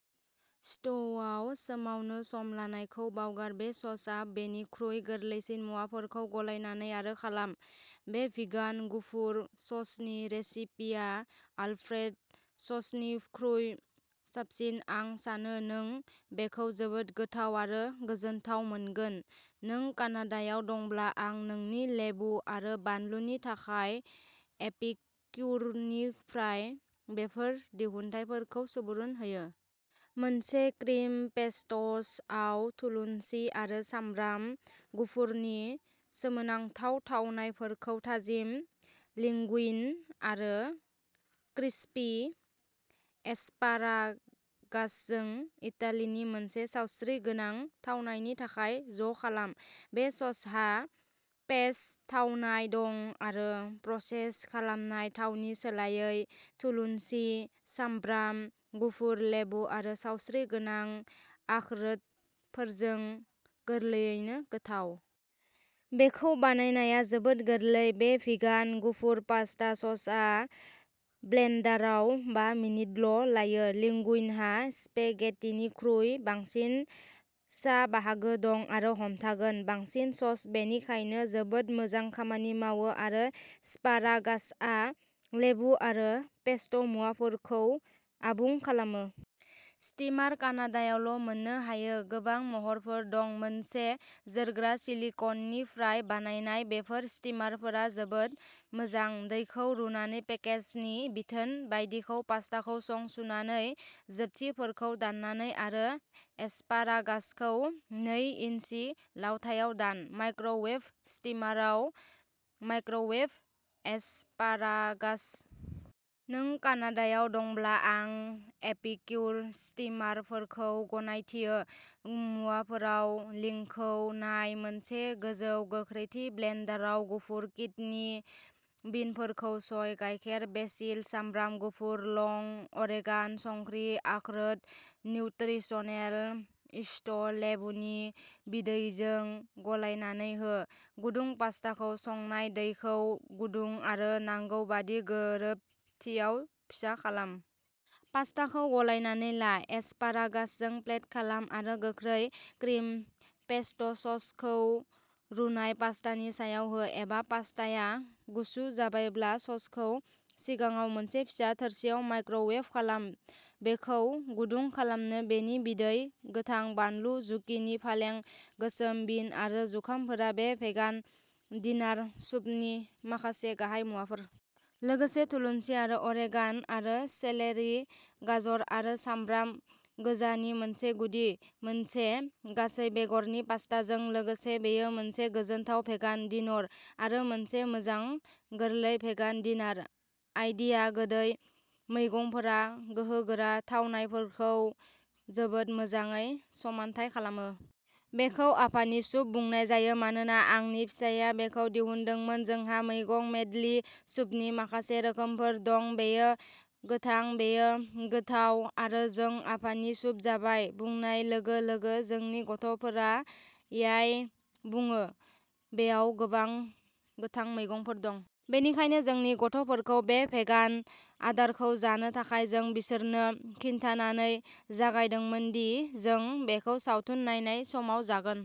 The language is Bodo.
स्ट'वआव सोमावनो सम लानायखौ बावगार, बे ससआ बेनिख्रुइ गोरलैसिन, मुवाफोरखौ गलायनानै, आरो खालाम। बे भिगान गुफुर ससनि रेसिपिया आलप्रेड' ससनिख्रुइ साबसिन, आं सानो नों बेखौ जोबोद गोथाव आरो गोजोनथाव मोनगोन। नों कानाडायाव दंब्ला आं नोंनि लेबु आरो बानलुनि थाखाय, एपिक्युरनिफ्राय बेफोर दिहुनथायफोरखौ सुबुरुन होयो। मोनसे क्रिम पेस्ट'स आव थुलुनसि आरो सामब्राम गुफुरनि सोमोनांथाव थावनायफोरखौ, थाजिम लिंगुइन आरो क्रिस्पि एस्पारागासजों, इटालीनि मोनसे सावस्रिगोनां थावनायनि थाखाय ज'खालाम। बे ससहा पेस्ट थावनाय दं आरो प्रसेस खालामनाय थावनि सोलायै थुलुनसि, सामब्राम गुफुर, लेबु आरो सावस्रिगोनां आखरोटफोरजों गोरलैयैनो गोथाव। बेखौ बानायनाया जोबोद गोरलै, बे भिगान गुफुर पास्ता ससआ ब्लेन्डाराव बा मिनिटल' लायो। लिंगुइनहा स्पेगेटिनिख्रुइ बांसिन सा बाहागो दं, आरो हमथागोन। बांसिन सस, बेनिखायनो जोबोद मोजां खामानि मावो आरो एस्पारागासआ लेबु आरो पेस्ट'मुवाफोरखौ आबुं खालामो। स्टीमार कानाडायावल'मोननो हायो। गोबां महरफोर दं, मोनसे जोरग्रा सिलिक'ननिफ्राय बानायनाय, बेफोर स्टीमारफोरा जोबोद मोजां। दैखौ रुनानै पेकेजनि बिथोन बायदिखौ पास्टाखौ सं। सुनानै, जोबथिफोरखौ दाननानै, आरो एस्पारागासखौ नै इन्सि लावथाइआव दान। माइक्र'वेभ स्टीमाराव माइक्र'वेभ एस्पारागास। नों कानाडायाव दंब्ला, आं एपिक्युर स्टीमारफोरखौ गनायथियो। मुवाफोराव लिंकखौ नाय। मोनसे गोजौ गोख्रैथि ब्लेन्डाराव, गुफुर किडनि बिनफोरखौ सय गायखेर, बेसिल, सामब्राम गुफुर लं, अरेगान, संख्रि, आखरोट, निउत्रिसनेल इस्ट, लेबुनि बिदैजों गलायनानै हो। गुदुं पास्टाखौ संनाय दैखौ गुदुं आरो नांगौबादि गोरोबथियाव फिसा खालाम। पास्टाखौ गलायनानै ला, एस्पारागासजों प्लेट खालाम, आरो गोख्रै क्रिम पेस्ट'ससखौ रुनाय पास्टानि सायाव हो। एबा, पास्टाया गुसु जाबायब्ला, ससखौ सिगाङाव मोनसे फिसा थोरसिआव माइक्र'वेभ खालाम, बेखौ गुदुं खालामनो, बेनि बिदै, गोथां बानलु, जुकिनि, फालें, गोसोम बिन आरो जुखामफोरा बे भेगान डिनार सुपनि माखासे गाहाय मुवाफोर। लोगोसे थुलुनसि, आरो अरेगान आरो सेलेरि, गाजर आरो सामब्राम गोजानि मोनसे गुदि। मोनसे गासै बेगरनि पास्ताजों लोगोसे, बेयो मोनसे गोजोनथाव भेगान डिनर, आरो मोनसे मोजां गोरलै भेगान डिनार आइडिया। गोदै मैगंफोरा गोहोगोरा थावनायफोरखौ जोबोद मोजाङै समानथाय खालामो। बेखौ आफानि सुप बुंनाय जायो मानोना आंनि फिसाया बेखौ दिहुनदोंमोन। जोंहा मैगं मेडलि सुपनि माखासे रोखोमफोर दं, बेयो गोथां। बेयो गोथाव, आरो जों "आफानि सुप जाबाय!" बुंनाय लोगो-लोगो जोंनि गथ'फोरा "याय!" बुङो। बेयाव गोबां गोथां मैगंफोर दं। बेनिखायनो जोंनि गथ'फोरखौ बे भेगान आदारखौ जानो थाखाय जों बिसोरनो खिन्थानानै जागायदोंमोन दि जों बेखौ सावथुन नायनाय समाव जागोन।